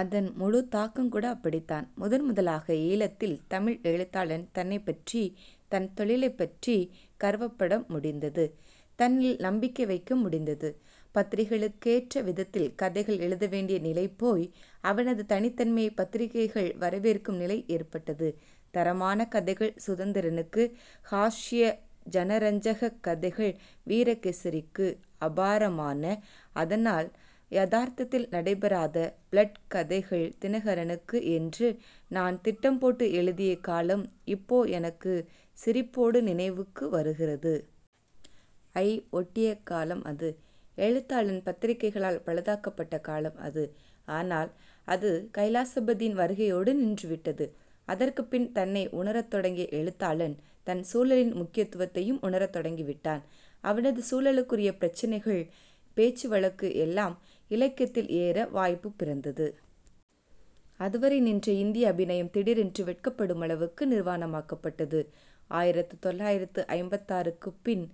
அதன் முழுத் தாக்கங்கூட அப்படித்தான். முதன் முதலாக ஈழத்தில் தமிழ் எழுத்தாளன் தன்னைப் பற்றி, தன் தொழிலைப்பற்றிக் கர்வப்பட முடிந்தது. தன்னில் நம்பிக்கை வைக்க முடிந்தது. பத்திரிகைகளுக்கேற்ற விதத்தில் கதைகள் எழுதவேண்டிய நிலை போய் அவனது தனித்தன்மையைப் பத்திரிகைகள் வரவேற்கும் நிலை ஏற்பட்டது. தரமான கதைகள் சுதந்திரனுக்கு, ஹாஸ்ய ஜனரஞ்சகக் கதைகள் 'வீரகேசரி'க்கு, அபாரமான, அதனால் யதார்த்தத்தில் நடைபெறாத 'ப்ளட்' கதைகள் 'தினகரனு'க்கு என்று நான் திட்டம் போட்டு எழுதிய காலம் இப்போ எனக்குச் சிரிப்போடு நினைவுக்கு வருகிறது. ஐ ஒட்டிய காலம் அது. எழுத்தாளன் பத்திரிகைகளால் பழுதாக்கப்பட்ட காலம் அது. ஆனால் அது கைலாசபதி வருகையோடு நின்றுவிட்டது. அதற்குப்பின் தன்னை உணரத் தொடங்கிய எழுத்தாளன் தன் சூழலின் முக்கியத்துவத்தையும் உணரத் தொடங்கிவிட்டான். அவனது சூழலுக்குரிய பிரச்சினைகள், பேச்சு வழக்கு எல்லாம் இலக்கியத்தில் ஏற வாய்ப்பு பிறந்தது. அதுவரை நின்ற இந்திய அபிநயம் திடீரென்று வெட்கப்படுமளவுக்கு நிர்வாணமாக்கப்பட்டது. ஆயிரத்து தொள்ளாயிரத்து ஐம்பத்தாறு-க்குப் பின்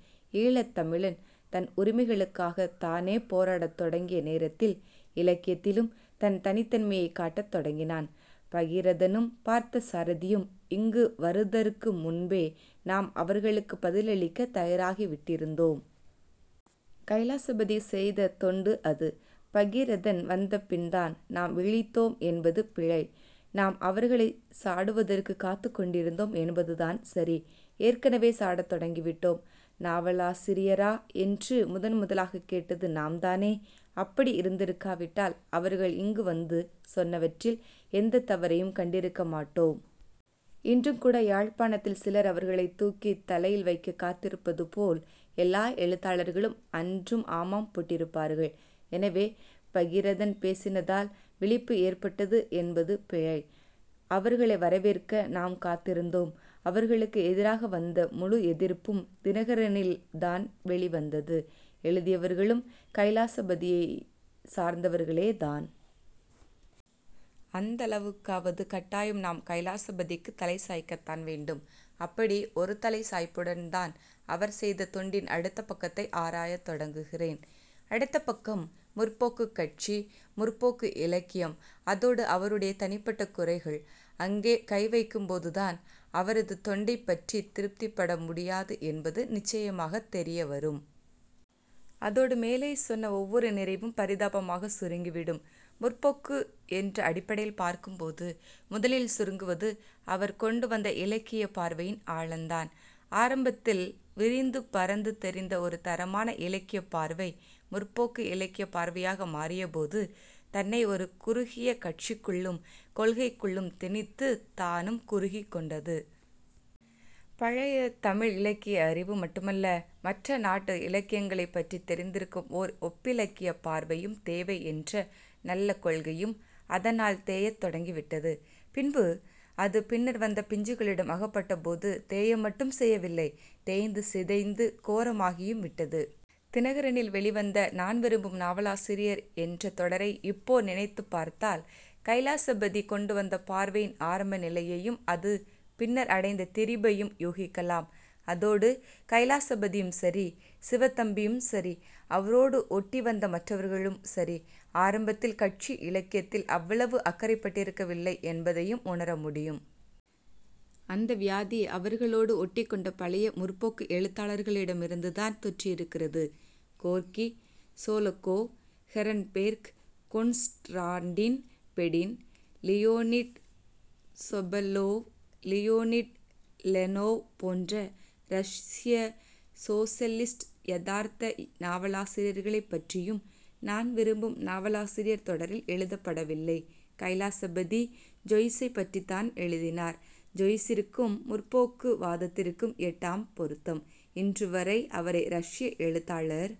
ஈழத் தமிழன் தன் உரிமைகளுக்காகத் தானே போராடத் தொடங்கிய நேரத்தில் இலக்கியத்திலும் தன் தனித்தன்மையைக் காட்டத் தொடங்கினான். பகீரதனும் பார்த்தசாரதியும் இங்கு வருதற்கு முன்பே நாம் அவர்களுக்குப் பதிலளிக்கத் தயாராகிவிட்டிருந்தோம். கைலாசபதி செய்த தொண்டு அது. பகீரதன் வந்தபின்தான் நாம் விழித்தோம் என்பது பிழை. நாம் அவர்களைச் சாடுவதற்குக் காத்துக் கொண்டிருந்தோம் என்பதுதான் சரி. ஏற்கனவே சாடத் தொடங்கிவிட்டோம். நாவலாசிரியரா?' என்று முதன்முதலாகக் கேட்டது நாம்தானே? அப்படி இருந்திருக்காவிட்டால் அவர்கள் இங்கு வந்து சொன்னவற்றில் எந்தத் தவறையும் கண்டிருக்க மாட்டோம். இன்றுங்கூட யாழ்ப்பாணத்தில் சிலர் அவர்களைத் தூக்கித் தலையில் வைக்கக் காத்திருப்பதுபோல் எல்லா எழுத்தாளர்களும் அன்றும் ஆமாம் போட்டிருப்பார்கள். எனவே, பகீரதன் பேசினதால் விழிப்பு ஏற்பட்டது என்பது பிழை. அவர்களை 'வரவேற்க' நாம் காத்திருந்தோம். அவர்களுக்கு எதிராக வந்த முழு எதிர்ப்பும் 'தினகரனி'ல் தான் வெளிவந்தது. எழுதியவர்களும் கைலாசபதியைச் சார்ந்தவர்களேதான். அந்தளவுக்காவது கட்டாயம் நாம் கைலாசபதிக்குத் தலை சாய்க்கத்தான் வேண்டும். அப்படி ஒரு தலை சாய்ப்புடன்தான் அவர் செய்த தொண்டின் அடுத்த பக்கத்தை ஆராயத் தொடங்குகிறேன். அடுத்த பக்கம் 'முற்போக்கு'க் கட்சி, 'முற்போக்கு' இலக்கியம், அதோடு அவருடைய தனிப்பட்ட குறைகள். அங்கே கைவைக்கும்போதுதான் அவரது தொண்டைப் பற்றித் திருப்திப்படமுடியாது என்பது நிச்சயமாகத் தெரியவரும். அதோடு மேலே சொன்ன ஒவ்வொரு நிறைவும் பரிதாபமாகச் சுருங்கிவிடும். 'முற்போக்கு' என்ற அடிப்படையில் பார்க்கும்போது முதலில் சுருங்குவது அவர் கொண்டுவந்த இலக்கியப் பார்வையின் ஆழந்தான். ஆரம்பத்தில் விரிந்து பரந்து தெரிந்த ஒரு தரமான இலக்கியப் பார்வை 'முற்போக்கு' இலக்கியப் பார்வையாக மாறியபோது தன்னை ஒரு குறுகிய கட்சிக்குள்ளும் கொள்கைக்குள்ளும் திணித்துத் தானும் குறுகிக்கொண்டது. பழைய தமிழ் இலக்கிய அறிவு மட்டுமல்ல மற்ற நாட்டு இலக்கியங்களைப் பற்றித் தெரிந்திருக்கும் ஓர் ஒப்பிலக்கியப் பார்வையும் தேவை என்ற நல்ல கொள்கையும் அதனால் தேயத் தொடங்கிவிட்டது. பின்பு, அது பின்னர் வந்த பிஞ்சுகளிடம் அகப்பட்டபோது தேய மட்டும் செய்யவில்லை, தேய்ந்து சிதைந்து கோரமாகியும் விட்டது. 'தினகரனி'ல் வெளிவந்த 'நான் விரும்பும் நாவலாசிரியர்' என்ற தொடரை இப்போ நினைத்துப் பார்த்தால் கைலாசபதி கொண்டுவந்த பார்வையின் ஆரம்ப நிலையையும் அது பின்னர் அடைந்த திரிபையும் யூகிக்கலாம். அதோடு, கைலாசபதியும் சரி, சிவத்தம்பியும் சரி, அவரோடு ஒட்டிவந்த மற்றவர்களும் சரி, ஆரம்பத்தில் கட்சி இலக்கியத்தில் அவ்வளவு அக்கறைப்பட்டிருக்கவில்லை என்பதையும் உணர முடியும். அந்த வியாதி, அவர்களோடு ஒட்டிக்கொண்ட பழைய 'முற்போக்கு' எழுத்தாளர்களிடமிருந்துதான் தொற்றியிருக்கிறது. Gorky, Sholokhov, Ehrenburg, Konstantin Fedin, Leonid Sobolev, Leonid Leonov போன்ற ரஷ்ய சோஷலிஸ்ட் யதார்த்த நாவலாசிரியர்களைப்பற்றியும் 'நான் விரும்பும் நாவலாசிரியர்' தொடரில் எழுதப்படவில்லை. கைலாசபதி, ஜொய்ஸைப்பற்றித்தான் எழுதினார். ஜொய்ஸிற்கும் 'முற்போக்கு' வாதத்திற்கும் எட்டாம் பொருத்தம். இன்றுவரை அவரை ரஷ்ய எழுத்தாளர்